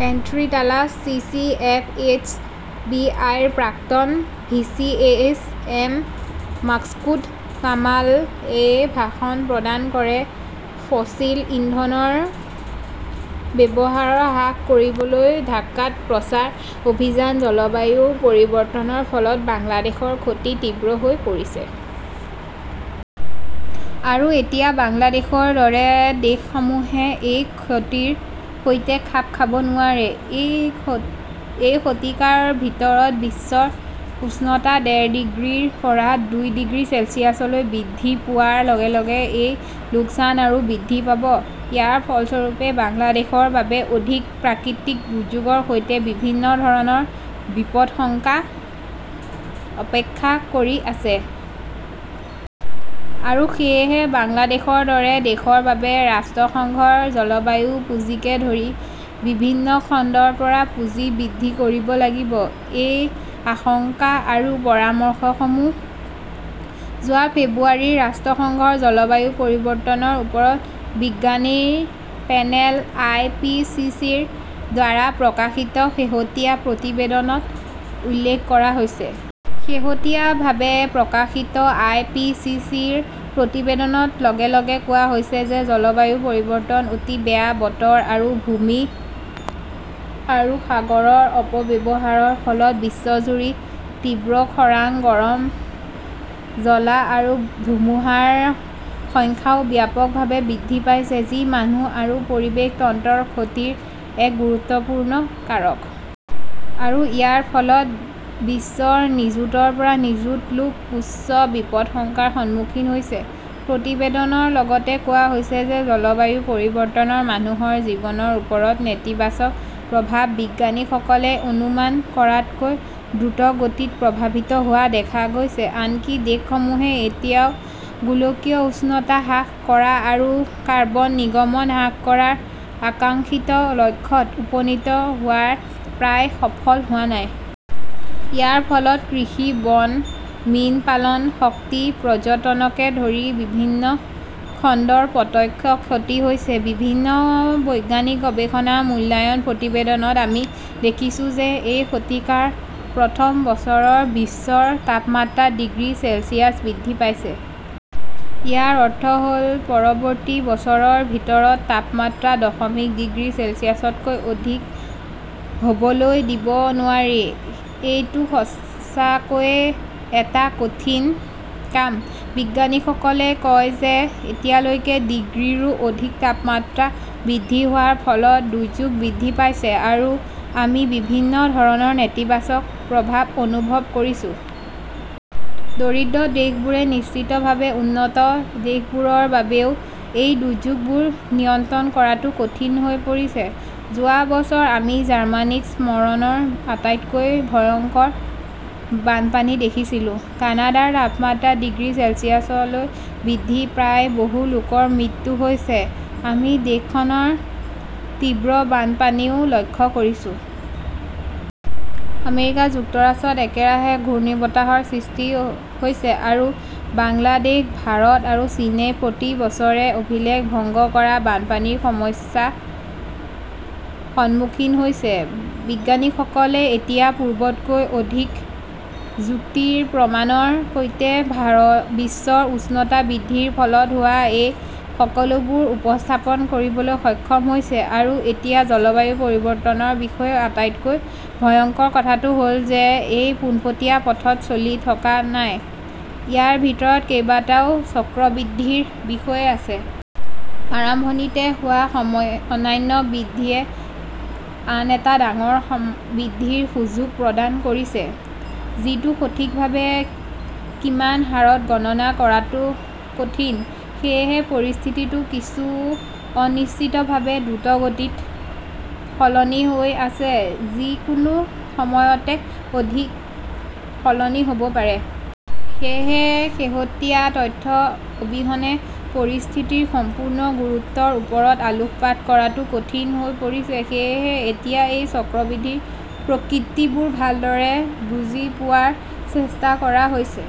পেট্ৰী Taalas, C. C. F. S. B. I. -ৰ প্ৰাক্তন V. C. S. M. Maksud কামাল-এ ভাষণ প্ৰদান কৰে। ফসিল ইন্ধনৰ ব্যৱহাৰ হ্ৰাস কৰিবলৈ ঢাকাত প্ৰচাৰ অভিযান জলবায়ু পৰিৱৰ্তনৰ ফলত বাংলাদেশৰ ক্ষতি তীব্ৰ হৈ পৰিছে। আৰু এতিয়া বাংলাদেশৰ দৰে দেশসমূহে এই ক্ষতিৰ সৈতে খাপ খাব নোৱাৰে। ই শত এই শতিকাৰ ভিতৰত বিশ্বৰ উষ্ণতা ডেৰ ডিগ্ৰীৰ পৰা দুই ডিগ্ৰী চেলছিয়াছলৈ বৃদ্ধি পোৱাৰ লগে লগে এই লোকচান আৰু বৃদ্ধি পাব। ইয়াৰ ফলস্বৰূপে বাংলাদেশৰ বাবে আৰু অধিক প্ৰাকৃতিক দুৰ্যোগৰ সৈতে বিভিন্ন ধৰণৰ বিপদাশংকা অপেক্ষা কৰি আছে। আৰু সেয়েহে বাংলাদেশৰ দৰে দেশৰ বাবে ৰাষ্ট্ৰসংঘৰ জলবায়ু পুঁজিকে ধৰি বিভিন্ন খণ্ডৰ পৰা পুঁজি বৃদ্ধি কৰিব লাগিব। এই আশংকা আৰু পৰামৰ্শসমূহ যোৱা ফেব্ৰুৱাৰীত ৰাষ্ট্ৰসংঘৰ জলবায়ু পৰিৱৰ্তনৰ ওপৰত বিজ্ঞানীৰ পেনেল-আই. পি. চি. চি. -ৰ দ্বাৰা প্ৰকাশিত শেহতীয়া প্ৰতিবেদনত উল্লেখ কৰা হৈছে। শেহতীয়াভাৱে প্ৰকাশিত আই. পি. চি. চি. -ৰ প্ৰতিবেদনত লগে লগে কোৱা হৈছে যে জলবায়ু পৰিৱৰ্তন, অতি বেয়া বতৰ আৰু ভূমি আৰু সাগৰৰ অপব্যৱহাৰৰ ফলত বিশ্বজুৰি তীব্ৰ খৰাং, গৰম জ্বলা আৰু ধুমুহাৰ সংখ্যাও ব্যাপকভাৱে বৃদ্ধি পাইছে, যি মানুহ আৰু পৰিৱেশ তন্ত্ৰৰ ক্ষতিৰ এক গুৰুত্বপূৰ্ণ কাৰক। আৰু ইয়াৰ ফলত বিশ্বৰ নিযুতৰ পৰা নিযুত লোক উচ্চ বিপদশংকাৰ সন্মুখীন হৈছে। প্ৰতিবেদনত লগতে কোৱা হৈছে যে জলবায়ু পৰিৱৰ্তনৰ মানুহৰ জীৱনৰ ওপৰত নেতিবাচক প্ৰভাৱ বিজ্ঞানীসকলে অনুমান কৰাতকৈ দ্ৰুতগতিত প্ৰভাৱিত হোৱা দেখা গৈছে। আনকি দেশসমূহে এতিয়াও গোলকীয় উষ্ণতা হ্ৰাস কৰা আৰু কাৰ্বন নিৰ্গমন হ্ৰাস কৰাৰ আকাংক্ষিত লক্ষ্যত উপনীত হোৱাত প্ৰায় সফল হোৱা নাই। ইয়াৰ ফলত কৃষি, বন, মীন পালন, শক্তি, পৰ্যটনকে ধৰি বিভিন্ন খণ্ডৰ প্ৰত্যক্ষ ক্ষতি হৈছে। বিভিন্ন বৈজ্ঞানিক গৱেষণা আৰু মূল্যায়ন প্ৰতিবেদনত আমি দেখিছো যে এই শতিকাৰ প্ৰথম বছৰত বিশ্বৰ তাপমাত্ৰা ডিগ্ৰী চেলছিয়াছ বৃদ্ধি পাইছে। ইয়াৰ অৰ্থ হ'ল পৰৱৰ্তী বছৰৰ ভিতৰত তাপমাত্ৰা দশমিক ডিগ্ৰী চেলছিয়াছতকৈ অধিক হ'বলৈ দিব নোৱাৰি। এইটো সঁচাকৈয়ে এটা অতি কঠিন কাম। বিজ্ঞানীসকলে কয় যে এতিয়ালৈকে ডিগ্ৰীৰো অধিক তাপমাত্ৰা বৃদ্ধি হোৱাৰ ফলত দুৰ্যোগ বৃদ্ধি পাইছে আৰু আমি বিভিন্ন ধৰণৰ নেতিবাচক প্ৰভাৱ অনুভৱ কৰিছো। দৰিদ্ৰ দেশবোৰে নিশ্চিতভাৱে উন্নত দেশবোৰৰ বাবেও এই দুৰ্যোগবোৰ নিয়ন্ত্ৰণ কৰাটো কঠিন হৈ পৰিছে। যোৱা বছৰ আমি জাৰ্মানীত স্মৰণৰ আটাইতকৈ ভয়ংকৰ বানপানী দেখিছিলোঁ। কানাডাৰ তাপমাত্ৰা ডিগ্ৰী চেলছিয়াছলৈ বৃদ্ধি পাই বহু লোকৰ মৃত্যু হৈছে, আমি দেশখনৰ তীব্ৰ বানপানীও লক্ষ্য কৰিছো। আমেৰিকা যুক্তৰাষ্ট্ৰত একেৰাহে ঘূৰ্ণীবতাহৰ সৃষ্টি হৈছে। আৰু বাংলাদেশ, ভাৰত আৰু চীনে প্ৰতি বছৰে অভিলেখ ভংগ কৰা বানপানীৰ সমস্যা সন্মুখীন হৈছে। বিজ্ঞানীসকলে এতিয়া পূৰ্বতকৈ অধিক যুক্তিৰ প্ৰমাণৰ সৈতে ভাৰ বিশ্বৰ উষ্ণতা বৃদ্ধিৰ ফলত হোৱা এই সকলোবোৰ উপস্থাপন কৰিবলৈ সক্ষম হৈছে আৰু এতিয়া জলবায়ু পৰিৱৰ্তনৰ বিষয়ে আটাইতকৈ ভয়ংকৰ কথাটো হ'ল যে এই পোনপটীয়া পথত চলি থকা নাই, ইয়াৰ ভিতৰত কেইবাটাও চক্ৰবৃদ্ধিৰ বিষয় আছে। আৰম্ভণিতে হোৱা সমই সনান্য বৃদ্ধিয়ে আন এটা ডাঙৰ বৃদ্ধিৰ সুযোগ প্ৰদান কৰিছে যিটো সঠিকভাৱে কিমান হাৰত গণনা কৰাটো কঠিন। সেয়েহে পৰিস্থিতিটো কিছু অনিশ্চিতভাৱে দ্ৰুতগতিত সলনি হৈ আছে, যিকোনো সময়তে অধিক সলনি হ'ব পাৰে। সেয়েহে, শেহতীয়া তথ্য অবিহনে পৰিস্থিতিৰ সম্পূৰ্ণ গুৰুত্বৰ ওপৰত আলোকপাত কৰাটো কঠিন হৈ পৰিছে। সেয়েহে এতিয়া এই চক্ৰবৃদ্ধিৰ প্ৰকৃতিবোৰ ভালদৰে বুজি পোৱাৰ চেষ্টা কৰা হৈছে।